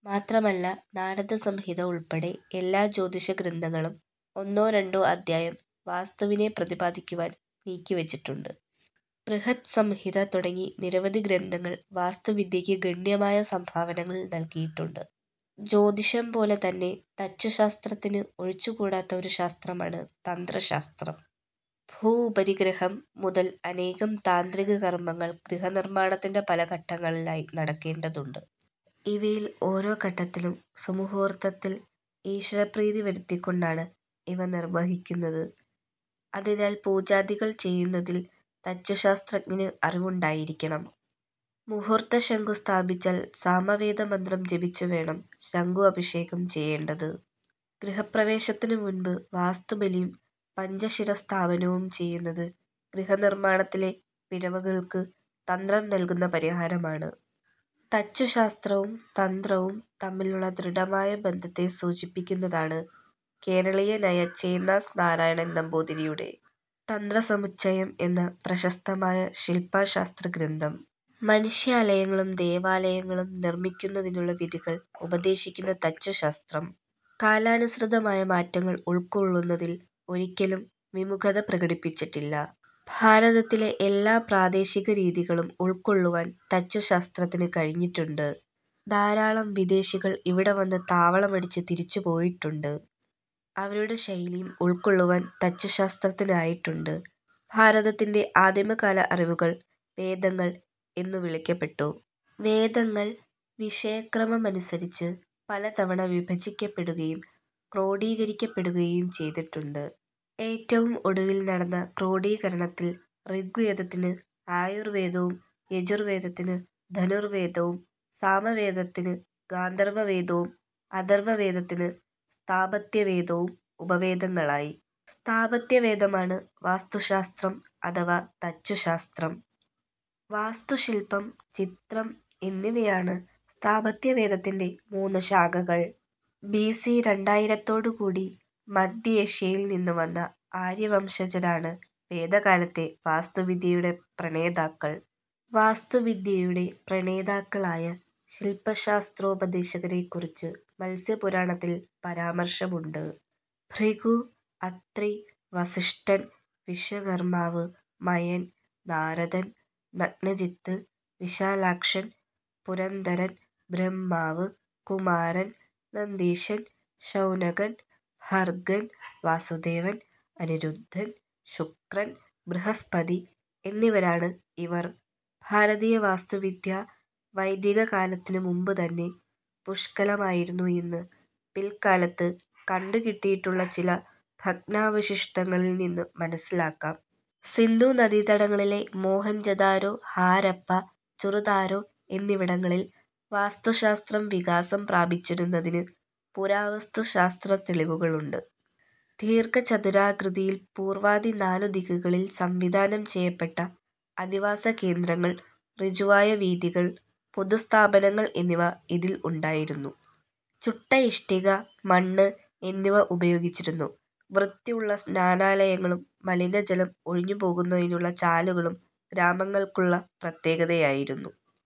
മാത്രമല്ല നാരദസംഹിത ഉൾപ്പെടെ എല്ലാ ജ്യോതിഷ ഗ്രന്ഥങ്ങളും ഒന്നോ രണ്ടോ അധ്യായം വാസ്തുവിനെ പ്രതിപാദിക്കുവാൻ നീക്കിവച്ചിട്ടുണ്ട്. ബൃഹത് സംഹിത തുടങ്ങി നിരവധി ഗ്രന്ഥങ്ങൾ വാസ്തുവിദ്യയ്ക്ക് ഗണ്യമായ സംഭാവനകൾ നല്കിയിട്ടുണ്ട്. ജ്യോതിഷംപോലെതന്നെ തച്ചുശാസ്ത്രത്തിന് ഒഴിച്ചുകൂടാത്ത ഒരു ശാസ്ത്രമാണ് തന്ത്രശാസ്ത്രം. ഭൂപരിഗ്രഹം മുതൽ അനേകം താന്ത്രിക കർമങ്ങൾ ഗൃഹനിർമ്മാണത്തിന്റെ പല ഘട്ടങ്ങളിലായി നടക്കേണ്ടതുണ്ട്. ഇവയിൽ ഓരോ ഘട്ടത്തിലും സുമുഹൂർത്തത്തിൽ ഈശ്വരപ്രീതി വരുത്തിക്കൊണ്ടാണ് ഇവ നിർവഹിക്കുന്നത്. അതിനാൽ പൂജാദികൾ ചെയ്യുന്നതിൽ തച്ചുശാസ്ത്രജ്ഞന് അറിവുണ്ടായിരിക്കണം. മുഹൂർത്തശങ്കു സ്ഥാപിച്ചാൽ സാമവേദമന്ത്രം ജപിച്ചുവേണം ശങ്കു അഭിഷേകം ചെയ്യേണ്ടത്. ഗൃഹപ്രവേശത്തിനു മുൻപ് വാസ്തുബലിയും പഞ്ച ശിരസ്ഥാപനവും ചെയ്യുന്നത് ഗൃഹനിർമ്മാണത്തിലെ പിഴവുകൾക്ക് തന്ത്രം നല്കുന്ന പരിഹാരമാണ്. തച്ചുശാസ്ത്രവും തന്ത്രവും തമ്മിലുള്ള ദൃഢമായ ബന്ധത്തെ സൂചിപ്പിക്കുന്നതാണ്, കേരളീയനായ ചേന്നാസ് നാരായണൻ നമ്പൂതിരിയുടെ തന്ത്രസമുച്ചയം എന്ന പ്രശസ്തമായ ശില്പശാസ്ത്രഗ്രന്ഥം. മനുഷ്യാലയങ്ങളും ദേവാലയങ്ങളും നിർമ്മിക്കുന്നതിനുള്ള വിധികൾ ഉപദേശിക്കുന്ന തച്ചുശാസ്ത്രം കാലാനുസൃതമായ മാറ്റങ്ങൾ ഉൾക്കൊള്ളുന്നതിൽ ഒരിക്കലും വിമുഖത പ്രകടിപ്പിച്ചിട്ടില്ല. ഭാരതത്തിലെ എല്ലാ പ്രാദേശികരീതികളും ഉൾക്കൊള്ളുവാൻ തച്ചുശാസ്ത്രത്തിനു കഴിഞ്ഞിട്ടുണ്ട്. ധാരാളം വിദേശികൾ ഇവിടെ വന്ന് താവളമടിച്ച് തിരിച്ചു പോയിട്ടുണ്ട്. അവരുടെ ശൈലിയും ഉൾക്കൊള്ളുവാൻ തച്ചുശാസ്ത്രത്തിനായിട്ടുണ്ട്. ഭാരതത്തിന്റെ ആദിമകാല അറിവുകൾ വേദങ്ങൾ എന്നു വിളിക്കപ്പെട്ടു. വേദങ്ങൾ വിഷയക്രമമനുസരിച്ച് പലതവണ വിഭജിക്കപ്പെടുകയും ക്രോഡീകരിക്കപ്പെടുകയും ചെയ്തിട്ടുണ്ട്. ഏറ്റവും ഒടുവിൽ നടന്ന ക്രോഡീകരണത്തിൽ, ഋഗ്വേദത്തിന് ആയുർവേദവും യജുർവേദത്തിന് ധനുർവേദവും, സാമവേദത്തിന് ഗാന്ധർവവേദവും, അഥർവവേദത്തിന് സ്ഥാപത്യവേദവും ഉപവേദങ്ങളായി. സ്ഥാപത്യവേദമാണ് വാസ്തുശാസ്ത്രം അഥവാ തച്ചുശാസ്ത്രം. വാസ്തുശില്പം, ചിത്രം എന്നിവയാണ് സ്ഥാപത്യവേദത്തിന്റെ മൂന്ന് ശാഖകൾ. ബി. സി. രണ്ടായിരത്തോടുകൂടി മധ്യേഷ്യയിൽ നിന്നുവന്ന ആര്യവംശജരാണ് വേദകാലത്തെ വാസ്തുവിദ്യയുടെ പ്രണേതാക്കൾ. വാസ്തുവിദ്യയുടെ പ്രണേതാക്കളായ ശില്പശാസ്ത്രോപദേശകരെക്കുറിച്ച് മത്സ്യപുരാണത്തിൽ പരാമർശമുണ്ട്. ഭൃഗു, അത്രി, വസിഷ്ഠൻ, വിശ്വകർമാവ്, മയൻ, നാരദൻ, നഗ്നജിത്ത്, വിശാലാക്ഷൻ, പുരന്ദരൻ, ബ്രഹ്മാവ്, കുമാരൻ, നന്ദീശൻ, ശൗനകൻ, ഭർഗൻ, വാസുദേവൻ, അനിരുദ്ധൻ, ശുക്രൻ, ബൃഹസ്പതി എന്നിവരാണ് ഇവർ. ഭാരതീയ വാസ്തുവിദ്യ വൈദികകാലത്തിനു മുമ്പുതന്നെ പുഷ്കലമായിരുന്നു എന്ന് പില്ക്കാലത്ത് കണ്ടുകിട്ടിയിട്ടുള്ള ചില ഭഗ്നാവശിഷ്ടങ്ങളിൽ നിന്നു മനസ്സിലാക്കാം. സിന്ധു നദീതടങ്ങളി ലെ മോഹൻജദാരോ, ഹാരപ്പാ, ചുറുദാരോ എന്നിവിടങ്ങളിൽ വാസ്തുശാസ്ത്രം വികാസം പ്രാപിച്ചിരുന്നതിന് പുരാവസ്തു ശാസ്ത്രത്തെളിവുകളുണ്ട്. ദീർഘ ചതുരാകൃതിയിൽ പൂർവാദി നാലു ദിക്കുകളിൽ സംവിധാനം ചെയ്യപ്പെട്ട അധിവാസകേന്ദ്രങ്ങൾ, ഋജുവായ വീഥികൾ, പൊതുസ്ഥാപനങ്ങൾ എന്നിവ ഇതിൽ ഉണ്ടായിരുന്നു. ചുട്ട ഇഷ്ടിക, മണ്ണ് എന്നിവ ഉപയോഗിച്ചിരുന്നു. വൃത്തിയുള്ള സ്നാനാലയങ്ങളും മലിനജലം ഒഴിഞ്ഞു പോകുന്നതിനുള്ള ചാലുകളും ഗ്രാമങ്ങൾക്കുള്ള പ്രത്യേകതയായിരുന്നു.